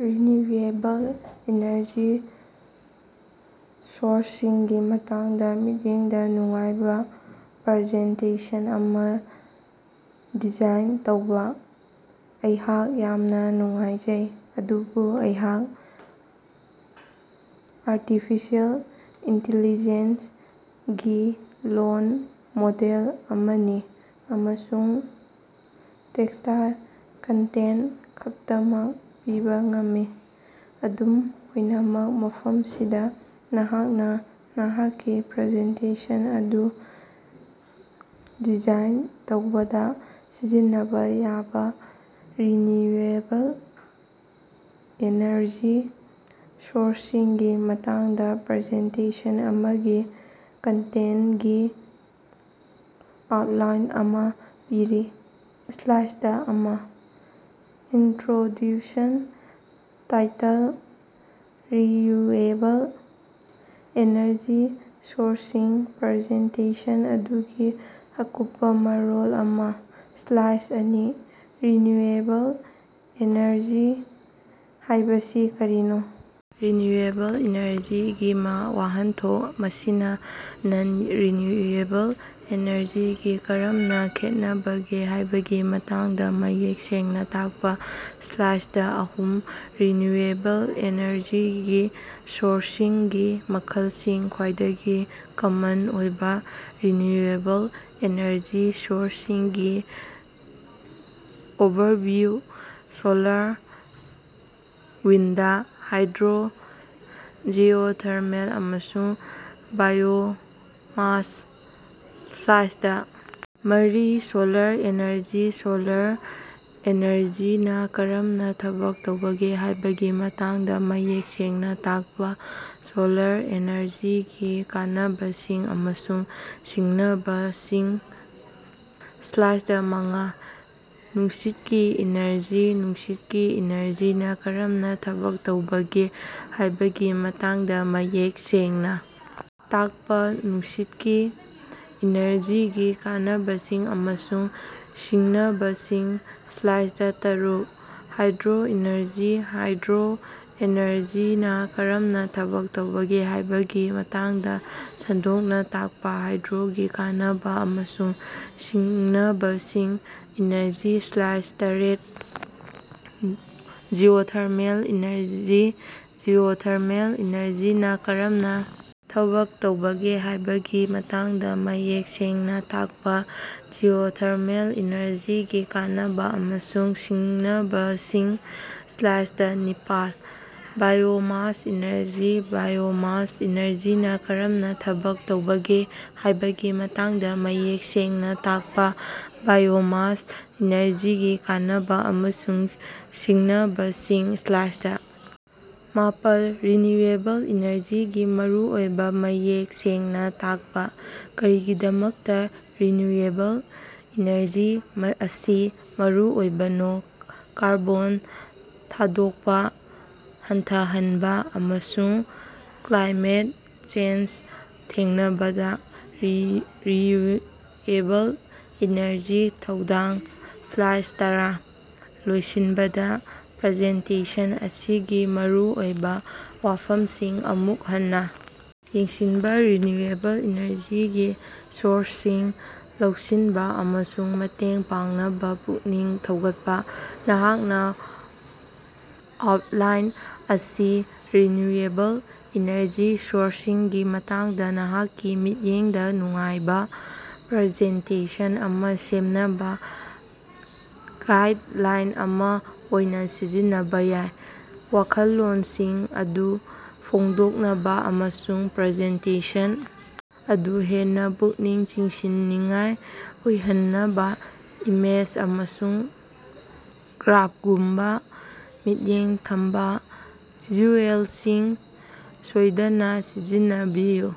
Renewable energy ꯁꯣꯔꯁꯁꯤꯡꯒꯤ ꯃꯇꯥꯡꯗ ꯃꯤꯠꯌꯦꯡꯗ ꯅꯨꯡꯉꯥꯏꯕ ꯄ꯭ꯔꯖꯦꯟꯇꯦꯁꯟ ꯑꯃ ꯗꯤꯖꯥꯏꯟ ꯇꯧꯕ꯫ ꯑꯩꯍꯥꯛ ꯌꯥꯝꯅ ꯅꯨꯡꯉꯥꯏꯖꯩ, ꯑꯗꯨꯕꯨ ꯑꯩꯍꯥꯛ ꯑꯥꯔꯇꯤꯐꯤꯁꯤꯑꯦꯜ ꯏꯟꯇꯤꯂꯤꯖꯦꯟꯁ ꯒꯤ ꯂꯣꯜ ꯃꯣꯗꯦꯜ ꯑꯃꯅꯤ ꯑꯃꯁꯨꯡ ꯇꯦꯛꯁꯇꯥꯏꯜ ꯀꯟꯇꯦꯟꯇ ꯈꯛꯇꯃꯛ ꯄꯤꯕ ꯉꯝꯃꯤ꯫ ꯑꯗꯨꯝ ꯑꯣꯏꯅꯃꯛ, ꯃꯐꯝꯁꯤꯗ ꯅꯍꯥꯛꯅ ꯅꯍꯥꯛꯀꯤ ꯄ꯭ꯔꯖꯦꯟꯇꯦꯁꯟ ꯑꯗꯨ ꯗꯤꯖꯥꯏꯟ ꯇꯧꯕꯗ ꯁꯤꯖꯤꯟꯅꯕ ꯌꯥꯕ ꯔꯤꯅ꯭ꯌꯨꯑꯦꯕꯜ ꯑꯦꯅꯔꯖꯤ ꯁꯣꯔꯁꯁꯤꯡꯒꯤ ꯃꯇꯥꯡꯗ ꯄ꯭ꯔꯖꯦꯟꯇꯦꯁꯟ ꯑꯃꯒꯤ ꯀꯟꯇꯦꯟꯇꯀꯤ ꯑꯥꯎꯇꯂꯥꯏꯟ ꯑꯃ ꯄꯤꯔꯤ: ꯁ꯭ꯂꯥꯏꯁ ꯑꯃ: ꯏꯅꯇ꯭ꯔꯣꯗ꯭ꯌꯨꯁꯟ ꯇꯥꯏꯇꯜ: ꯔꯤꯟꯌꯨꯑꯦꯕꯜ ꯑꯦꯅꯔꯖꯤ ꯁꯣꯔꯁꯁꯤꯡ ꯄ꯭ꯔꯖꯦꯟꯇꯦꯁꯟ ꯑꯗꯨꯒꯤ ꯑꯀꯨꯞꯄ ꯃꯔꯣꯜ ꯑꯃ꯫ ꯁ꯭ꯂꯥꯏꯁ ꯑꯅꯤ: ꯔꯤꯅ꯭ꯌꯨꯑꯦꯕꯜ ꯑꯦꯅꯔꯖꯤ ꯍꯥꯏꯕꯁꯤ ꯀꯔꯤꯅꯣ? ꯔꯤꯅ꯭ꯌꯨꯑꯦꯕꯜ ꯏꯅꯔꯖꯤꯒꯤ ꯃ ꯋꯥꯍꯟꯊꯣꯛ ꯃꯁꯤꯅ ꯅꯟ-ꯔꯤꯟꯌꯨꯑꯦꯕꯜ ꯑꯦꯅꯔꯖꯤꯒꯤ ꯀꯔꯝꯅ ꯈꯦꯠꯅꯕꯒꯦ ꯍꯥꯏꯕꯒꯤ ꯃꯇꯥꯡꯗ ꯃꯌꯦꯛ ꯁꯦꯡꯅ ꯇꯥꯛꯄ ꯁ꯭ꯂꯥꯏꯁꯇ ꯑꯍꯨꯝ: ꯔꯤꯅ꯭ꯌꯨꯑꯦꯕꯜ ꯑꯦꯅꯔꯖꯤꯒꯤ ꯁꯣꯔꯁꯁꯤꯡꯒꯤ ꯃꯈꯜꯁꯤꯡ ꯈ꯭ꯋꯥꯏꯗꯒꯤ ꯀꯃꯟ ꯑꯣꯏꯕ ꯔꯤꯅ꯭ꯌꯨꯑꯦꯕꯜ ꯑꯦꯅꯔꯖꯤ ꯁꯣꯔꯁꯁꯤꯡꯒꯤ overview: solar, wind, hydro, geothermal, ꯑꯃꯁꯨꯡ ꯕꯥꯏꯑꯣꯃꯥꯁ꯫ ꯁ꯭ꯂꯥꯏꯁꯗ ꯃꯔꯤ: ꯁꯣꯂꯥꯔ ꯑꯦꯅꯔꯖꯤ: ꯁꯣꯂꯥꯔ ꯑꯦꯅꯔꯖꯤꯅ ꯀꯔꯝꯅ ꯊꯕꯛ ꯇꯧꯕꯒꯦ ꯍꯥꯏꯕꯒꯤ ꯃꯇꯥꯡꯗ ꯃꯌꯦꯛ ꯁꯦꯡꯅ ꯇꯥꯛꯄ ꯁꯣꯂꯥꯔ ꯑꯦꯅꯔꯖꯤꯒꯤ ꯀꯥꯟꯅꯕꯁꯤꯡ ꯑꯃꯁꯨꯡ ꯁꯤꯡꯅꯕꯁꯤꯡ꯫ ꯁ꯭ꯂꯥꯏꯗ ꯃꯉꯥ: ꯅꯨꯡꯁꯤꯠꯀꯤ ꯏꯅꯔꯖꯤ ꯅꯨꯡꯁꯤꯠꯀꯤ ꯏꯅꯔꯖꯤꯅ ꯀꯔꯝꯅ ꯊꯕꯛ ꯇꯧꯕꯒꯦ ꯍꯥꯏꯕꯒꯤ ꯃꯇꯥꯡꯗ ꯃꯌꯦꯛ ꯁꯦꯡꯅ ꯇꯥꯛꯄ ꯅꯨꯡꯁꯤꯠꯀꯤ ꯏꯅꯔꯖꯤꯒꯤ ꯀꯥꯟꯅꯕꯁꯤꯡ ꯑꯃꯁꯨꯡ ꯁꯤꯡꯅꯕꯁꯤꯡ꯫ ꯁ꯭ꯂꯥꯏꯗ ꯇꯔꯨꯛ: ꯍꯥꯏꯗ꯭ꯔꯣ ꯏꯅꯔꯖꯤ ꯍꯥꯏꯗ꯭ꯔꯣ ꯑꯦꯅꯔꯖꯤꯅ ꯀꯔꯝꯅ ꯊꯕꯛ ꯇꯧꯕꯒꯦ ꯍꯥꯏꯕꯒꯤ ꯃꯇꯥꯡꯗ ꯁꯟꯗꯣꯛꯅ ꯇꯥꯛꯄ ꯍꯥꯏꯗ꯭ꯔꯣꯒꯤ ꯀꯥꯟꯅꯕ ꯑꯃꯁꯨꯡ ꯁꯤꯡꯅꯕꯁꯤꯡ꯫ ꯏꯅꯔꯖꯤ ꯁ꯭ꯂꯥꯏꯗ ꯇꯔꯦꯠ: ꯖꯤꯑꯣꯊꯔꯃꯦꯜ ꯏꯅꯔꯖꯤ ꯖꯤꯑꯣꯊꯔꯃꯦꯜ ꯏꯅꯔꯖꯤꯅ ꯀꯔꯝꯅ ꯊꯕꯛ ꯇꯧꯕꯒꯦ ꯍꯥꯏꯕꯒꯤ ꯃꯇꯥꯡꯗ ꯃꯌꯦꯛ ꯁꯦꯡꯅ ꯇꯥꯛꯄ ꯖꯤꯑꯣꯊꯔꯃꯦꯜ ꯏꯅꯔꯖꯤꯒꯤ ꯀꯥꯟꯅꯕꯥ ꯑꯃꯁꯨꯡ ꯁꯤꯡꯅꯕꯁꯤꯡ꯫ ꯁ꯭ꯂꯥꯏꯗ ꯅꯤꯄꯥꯜ: ꯕꯥꯏꯑꯣꯃꯥꯁ ꯏꯅꯔꯖꯤ ꯕꯥꯏꯑꯣꯃꯥꯁ ꯏꯅꯔꯖꯤꯅ ꯀꯔꯝꯅ ꯊꯕꯛ ꯇꯧꯕꯒꯦ ꯍꯥꯏꯕꯒꯤ ꯃꯇꯥꯡꯗ ꯃꯌꯦꯛ ꯁꯦꯡꯅ ꯇꯥꯛꯄ ꯕꯥꯏꯑꯣꯃꯥꯁ ꯏꯅꯔꯖꯤꯒꯤ ꯀꯥꯟꯅꯕ ꯑꯃꯁꯨꯡ ꯁꯤꯡꯅꯕꯁꯤꯡ ꯁ꯭ꯂꯥꯏꯗ ꯃꯥꯄꯜ: ꯔꯤꯟꯌꯨꯑꯦꯕꯜ ꯏꯅꯔꯖꯤꯒꯤ ꯃꯔꯨꯑꯣꯏꯕ ꯃꯌꯦꯛ ꯁꯦꯡꯅ ꯇꯥꯛꯄ꯫ ꯀꯔꯤꯒꯤꯗꯃꯛꯇꯥ ꯔꯤꯟꯌꯨꯑꯦꯕꯜ ꯏꯅꯔꯖꯤ ꯑꯁꯤ ꯃꯔꯨꯑꯣꯏꯕꯅꯣ ꯀꯥꯔꯕꯣꯟ ꯊꯥꯗꯣꯛꯄ ꯍꯟꯊꯍꯟꯕ ꯑꯃꯁꯨꯡ ꯀ꯭ꯂꯥꯏꯃꯦꯠ ꯆꯦꯟꯖ ꯊꯦꯡꯅꯕꯗ ꯔꯤꯟꯌꯨꯑꯦꯕꯜ ꯏꯅꯔꯖꯤꯒꯤ ꯊꯧꯗꯥꯡ ꯁ꯭ꯂꯥꯏꯗ ꯇꯔꯥ: ꯂꯣꯏꯁꯤꯟꯕꯗ ꯄ꯭ꯔꯖꯦꯟꯇꯦꯁꯟ ꯑꯁꯤꯒꯤ ꯃꯔꯨꯑꯣꯏꯕ ꯋꯥꯐꯝꯁꯤꯡ ꯑꯃꯨꯛ ꯍꯟꯅ ꯌꯦꯡꯁꯤꯟꯕ ꯔꯤꯅ꯭ꯌꯨꯑꯦꯕꯜ ꯏꯅꯔꯖꯤꯒꯤ ꯁꯣꯔꯁꯁꯤꯡ ꯂꯧꯁꯤꯟꯕ ꯑꯃꯁꯨꯡ ꯃꯇꯦꯡ ꯄꯥꯡꯅꯕ ꯄꯨꯛꯅꯤꯡ ꯊꯧꯒꯠꯄ꯫ ꯅꯍꯥꯛꯅ ꯑꯥꯎꯠꯂꯥꯏꯟ ꯑꯁꯤ ꯔꯤꯟꯌꯨꯑꯦꯕꯜ ꯏꯅꯔꯖꯤ ꯁꯣꯔꯁꯁꯤꯡꯒꯤ ꯃꯇꯥꯡꯗ ꯅꯍꯥꯛꯀꯤ ꯃꯤꯠꯌꯦꯡꯗ ꯅꯨꯡꯉꯥꯏꯕ ꯄ꯭ꯔꯖꯦꯟꯇꯦꯁꯟ ꯑꯃ ꯁꯦꯝꯅꯕ ꯒꯥꯏꯗꯂꯥꯏꯟ ꯑꯃ ꯑꯣꯏꯅ ꯁꯤꯖꯤꯟꯅꯕ ꯌꯥꯏ꯫ ꯋꯥꯈꯜꯂꯣꯟꯁꯤꯡ ꯑꯗꯨ ꯐꯣꯡꯗꯣꯛꯅꯕ ꯑꯃꯁꯨꯡ ꯄ꯭ꯔꯖꯦꯟꯇꯦꯁꯟ ꯑꯗꯨ ꯍꯦꯟꯅ ꯄꯨꯛꯅꯤꯡ ꯆꯤꯡꯁꯤꯟꯅꯤꯡꯉꯥꯏ ꯑꯣꯏꯍꯟꯅꯕ ꯏꯃꯦꯖ ꯑꯃꯁꯨꯡ ꯒ꯭ꯔꯥꯐꯒꯨꯝꯕ ꯃꯤꯠꯌꯦꯡ ꯊꯝꯕ ꯚꯤꯖꯨꯑꯦꯂꯁꯤꯡ ꯁꯣꯏꯗꯅ ꯁꯤꯖꯤꯟꯅꯕꯤꯌꯨ꯫